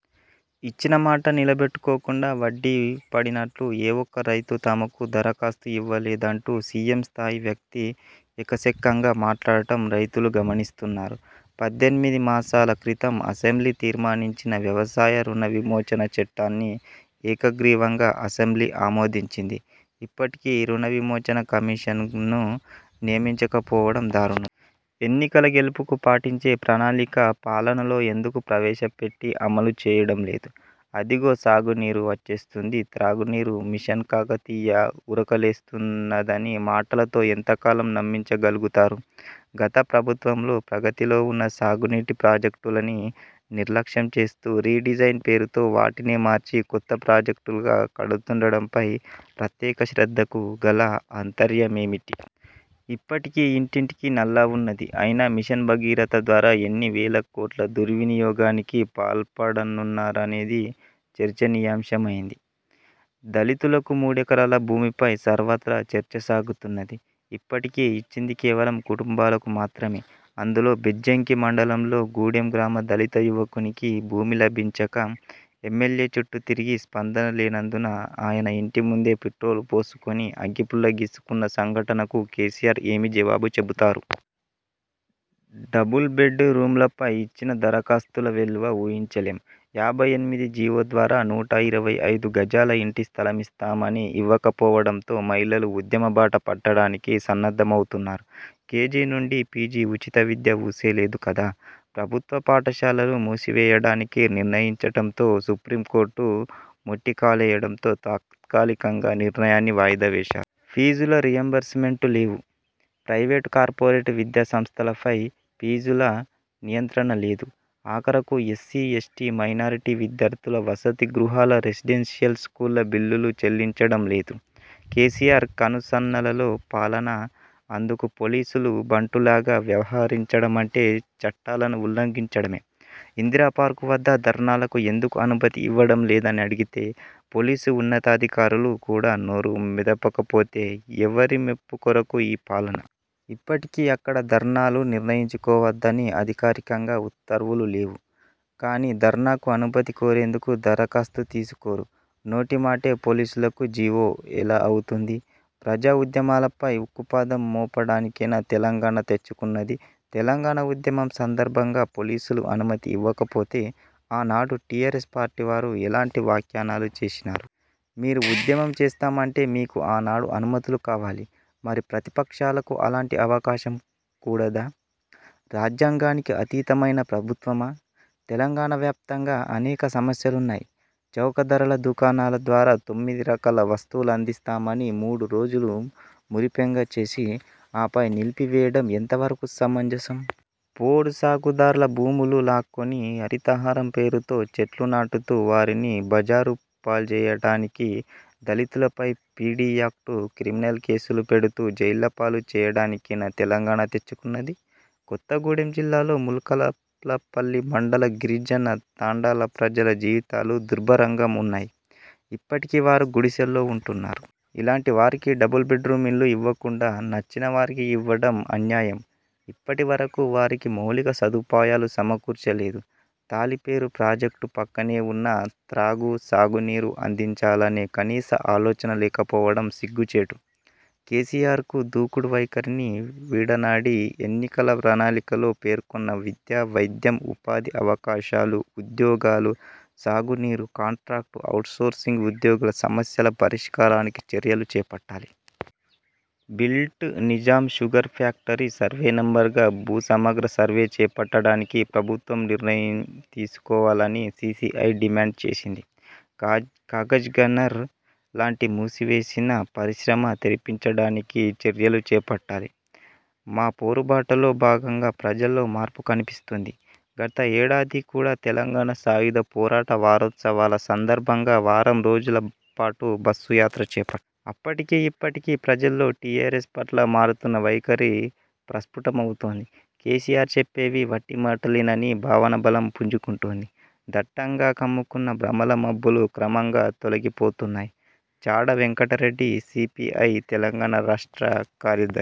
ఇచ్చిన మాట నిలబెట్టుకోకుండా, వడ్డీ పడినట్లు ఏ ఒక్క రైతు తమకు దరఖాస్తు ఇవ్వలేదంటూ సీఎం స్థాయి వ్యక్తి ఎకసెక్కంగా మాట్లాడడం రైతులు గమనిస్తున్నారు. పద్దెనిమిది మాసాల క్రితం అసెంబ్లీ తీర్మానించిన వ్యవసాయ రుణ విమోచన చట్టాన్ని ఏకగ్రీవంగా అసెంబ్లీ ఆమోదించింది. ఇప్పటికీ రుణవిమోచన కమిషన్ను నియమించకపోవడం దారుణం. ఎన్నికల గెలుపుకు పాటించే ప్రణాళిక, పాలనలో ఎందుకు ప్రవేశపెట్టి అమలు చేయడంలేదు. అదిగో సాగునీరు, వచ్చేస్తుంది త్రాగునీరు, మిషన్ కాకతీయ ఉరకలేస్తున్నదని, మాటలతో ఎంతకాలం నమ్మించగలుగుతారు. గతప్రభుత్వంలో ప్రగతిలో ఉన్న సాగునీటి ప్రాజెక్టులని నిర్లక్ష్యంచేస్తూ, రీడిజైన్ పేరుతో వాటినే మార్చి కొత్త ప్రాజెక్టులుగా కడుతుండడంపై ప్రత్యేక శ్రద్ధకు గల ఆంతర్యమేమిటి? ఇప్పటికే ఇంటింటికి నల్లా ఉన్నది. అయినా మిషన్ భగీరథ ద్వారా ఎన్ని వేలకోట్ల దుర్వినియోగానికి పాల్పడనున్నారనేది చర్చనీయాంశమైంది. దళితులకు మూడెకరాల భూమిపై సర్వత్రా చర్చ సాగుతున్నది. ఇప్పటికి ఇచ్చింది కేవలం కుటుంబాలకు మాత్రమే. అందులో బెజ్జంకి మండలంలో గూడెం గ్రామ దళిత యువకునికి భూమి లభించక ఎమ్మెల్యే చుట్టూ తిరిగి స్పందన లేనందున ఆయన ఇంటి ముందే పెట్రోలు పోసుకొని, అగ్గిపుల్ల గీసుకున్న సంఘటనకు కేసీఆర్ ఏమి జవాబు చెబుతారు? డబుల్బెడ్ రూములపై వచ్చిన దరఖాస్తుల వెల్లువ ఊహించలేం. యాభై ఎనిమిది జీవో ద్వారా నూట ఇరవై ఐదు గజాల ఇంటి స్థలమిస్తామని ఇవ్వకపోవడంతో మహిళలు ఉద్యమబాట పట్టడానికి సన్నద్ధమవుతున్నారు. కేజీ నుండి పీజీ ఉచిత విద్య ఊసే లేదు కదా? ప్రభుత్వ పాఠశాలలు మూసివేయడానికి నిర్ణయించడంతో సుప్రీంకోర్టు మొట్టికాలేయడంతో తాత్కాలికంగా నిర్ణయాన్ని వాయిదా వేశారు. ఫీజుల రీయింబర్స్మెంటు లేవు. ప్రైవేట్, కార్పోరేట్ విద్యాసంస్థలపై ఫీజుల నియంత్రణ లేదు. ఆఖరకు ఎస్సీ, ఎస్టీ, మైనారిటీ విద్యార్థుల వసతి గృహాల, రెసిడెన్షియల్ స్కూళ్ళ బిల్లులు చెల్లించడం లేదు. కేసీఆర్ కనుసన్నలలో పాలన, అందుకు పోలీసులు బంటులాగా వ్యవహరించడమంటే చట్టాలను ఉల్లఘించడమే. ఇందిరా పార్కు వద్ద ధర్నాలకు ఎందుకు అనుమతి ఇవ్వటం లేదని అడిగితే, పోలీసు ఉన్నతాధికారులు కూడా నోరు మెదపకపోతే, ఎవరి మెప్పుకొరకు ఈ పాలన? ఇప్పటికీ అక్కడ ధర్నాలు నిర్ణహించుకోవద్దని అధికారికంగా ఉత్తర్వులు లేవు. కానీ ధర్నాకు అనుమతి కోరేందుకు దరఖాస్తు తీసుకోరు. నోటి మాటే పోలీసులకు జీవో ఎలా అవుతుంది. ప్రజా ఉద్యమాలపై ఉక్కుపాదం మోపడానికేనా తెలంగాణ తెచ్చుకున్నది. తెలంగాణ ఉద్యమం సందర్భంగా పోలీసులు అనుమతి ఇవ్వకపోతే ఆనాడు టీఆర్ఎస్ పార్టీ వారు ఎలాంటి వ్యాఖ్యానాలు చేసి. మీరు ఉద్యమం చేస్తామంటే మీకు ఆనాడు అనుమతులు కావాలి. మరి ప్రతిపక్షాలకు అలాంటి అవకాశం కూడదా? రాజ్యాంగానికి అతీతమైన ప్రభుత్వమా? తెలంగాణ వ్యాప్తంగా అనేక సమస్యలున్నాయి. చౌక ధరల దుకాణాల ద్వారా తొమ్మిది రకాల వస్తువులందిస్తామని మూడురోజుల మురిపెంగా చేసి, ఆపై నిలిపివేయడం ఎంతవరకు సమంజసం. పోడుసాగుదార్ల భూములు లాక్కొని హరితహారం పేరుతో చెట్లు నాటుతూ, వారిని బజారు పాల్జేయటానికీ, దళితులపై పీడీ యాక్టు, క్రిమినల్ కేసులు పెడుతూ జైళ్ళ పాలు చేయడానికేనా తెలంగాణ తెచ్చుకున్నది? కొత్తగూడెం జిల్లాలో ముల్కలపల్లి మండల గిరిజన తండాల ప్రజల జీవితాలు దుర్భరంగా ఉన్నాయి. ఇప్పటికీ వారు గుడిసెల్లో ఉంటున్నారు. ఇలాంటి వారికి డబుల్ బెడ్రూమ్ ఇండ్లు ఇవ్వకుండా, నచ్చినవారికి ఇవ్వడం అన్యాయం. ఇప్పటి వరకు వారికి మౌలిక సదుపాయలు సమకూర్చలేదు. తాలిపేరు ప్రాజెక్టు పక్కనే ఉన్నా, త్రాగు, సాగునీరు అందించాలనే కనీస ఆలోచన లేకపోవడం సిగ్గుచేటు. కేసీఆర్కు దూకుడు వైఖరిని విడనాడి ఎన్నికల ప్రణాళికలో పేర్కొన్న విద్య, వైద్యం, ఉపాధి అవకాశాలు, ఉద్యోగాలు, సాగునీరు, కాంట్రాక్టు, ఔట్సోర్సింగ్ ఉద్యోగుల సమస్యల పరిష్కారానికి చర్యలు చేపట్టాలి. బిల్ట్, నిజాం షుగర్ ఫ్యాక్టరీ సర్వేనెంబర్గా భూసమగ్ర సర్వే చేపట్టడానికి ప్రభుత్వం నిర్ణయంతీసుకోవాలని సీపీఐ డిమాండ్ చేసింది. కాగ్ కాగజ్నగనార్ లాంటి మూసివేసిన పరిశ్రమ తెరపించడానికి చర్యలు చేపట్టాలి. మా పోరుబాటులో భాగంగా ప్రజల్లో మార్పు కనిపిస్తుంది. గత ఏడాది కూడా తెలంగాణ సాయుధ పోరాట వారోత్సవాల సందర్భంగా వారం రోజుల పాటు బస్సు యాత్ర చేపట్టాం. అప్పటికీ ఇప్పటికీ ప్రజల్లో టీఆర్ఎస్ పట్ల మారుతున్న వైఖరి ప్రస్ఫుటమవుతోంది. కేసీఆర్ చెప్పేవి వట్టి మాటలేననే భావన బలం పుంజుకుంటోంది. దట్టంగా కమ్ముకున్న భ్రమల మబ్బులు క్రమంగా తొలగిపోతున్నాయి. చాడ వెంకటరెడ్డిసీపీఐ తెలంగాణ రాష్ట్ర కార్యదర్శి